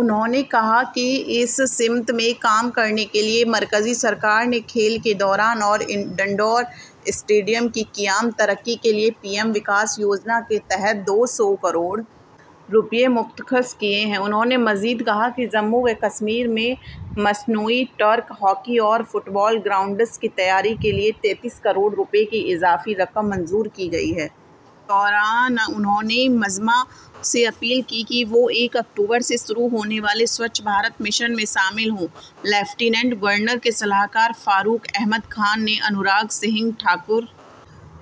انہوں نے کہا کہ اس سمت میں کام کرنے کے لیے مرکزی حکومت نے کھیل کے میدانوں اور انڈور اسٹیڈیم کی ترقی کے لیے پی ایم وکاس یوجنا کے تحت دو سو کروڑ روپے مختص کیے ہیں انہوں نے مزید کہا کہ جموں و کشمیر میں مصنوعی ٹرف ہاکی اور فٹبال گراؤنڈز کی تیاری کے لیے تینتیس کروڑ روپے کی اضافی رقم منظور کی گئی ہے اس دوران انہوں نے مجمع سے اپیل کی کہ وہ یکم اکتوبر سے شروع ہونے والے سوچھ بھارت مشن میں شامل ہوں لیفٹیننٹ گورنر کے مشیر فاروق احمد خان نے انوراگ سنگھ ٹھاکر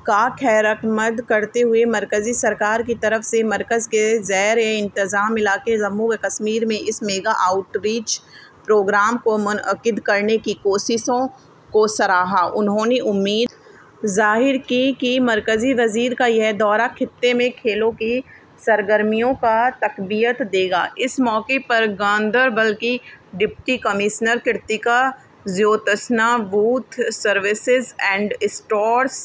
کا خیرمقدم کرتے ہوئے مرکزی حکومت کی طرف سے مرکز کے زیر انتظام علاقے جموں و کشمیر میں اس میگا آؤٹ ریچ پروگرام کو منعقد کرنے کی کوششوں کو سراہا انہوں نے امید ظاہر کی کہ مرکزی وزیر کا یہ دورہ خطے میں کھیلوں کی سرگرمیوں کو تقویت دے گا اس موقع پر گاندربل کی deputy commissioner Kritika Jyotsna youth services and sports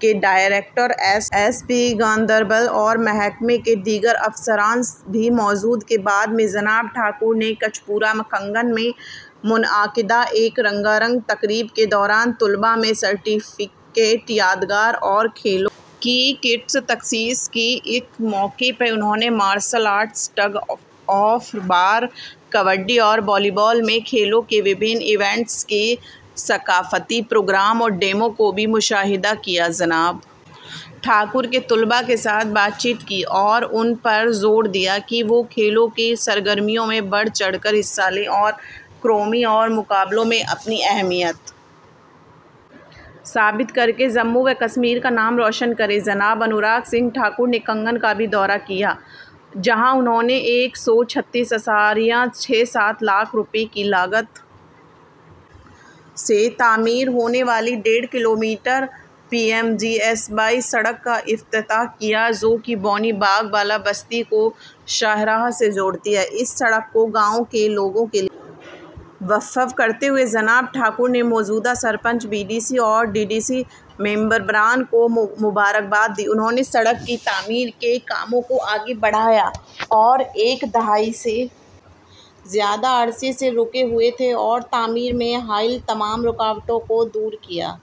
کے director S S P Ganderbal اور محکمہ کے دیگر افسران بھی موجود تھے بعد میں جناب ٹھاکر نے کچ پورہ کنگن میں منعقدہ ایک رنگا رنگ تقریب کے دوران طلباء میں سرٹیفکیٹ یادگار اور کھیلوں کی کٹس تقسیم کیں اس موقع پر انہوں نے martial arts tug of war kabaddi اور والی بال میں کھیلوں کے مختلف ایونٹس کے ثقافتی پروگرام اور ڈیمو کا بھی مشاہدہ کیا جناب ٹھاکر نے طلباء کے ساتھ بات چیت کی اور ان پر زور دیا کہ وہ کھیلوں کی سرگرمیوں میں بڑھ چڑھ کر حصہ لیں اور قومی اور بین الاقوامی مقابلوں میں اپنی اہمیت ثابت کر کے جموں و کشمیر کا نام روشن کریں جناب انوراگ سنگھ ٹھاکر نے کنگن کا بھی دورہ کیا جہاں انہوں نے ایک سو چھتیس اشاریہ چھ سات لاکھ روپے کی لاگت سے تعمیر ہونے والی ڈیڑھ kilometre P M G S Y سڑک کا افتتاح کیا جو بونی باغ بالا بستی کو شاہراہ سے جوڑتی ہے اس سڑک کو گاؤں کے لوگوں کے لیے وقف کرتے ہوئے جناب ٹھاکر نے موجودہ سرپنچ بی ڈی سی اور ڈی ڈی سی ممبران کو مبارکباد دی جنہوں نے سڑک کی تعمیر کے کاموں کو آگے بڑھایا جو ایک دہائی سے زیادہ عرصے سے رکے ہوئے تھے اور تعمیر میں حائل تمام رکاوٹوں کو دور کیا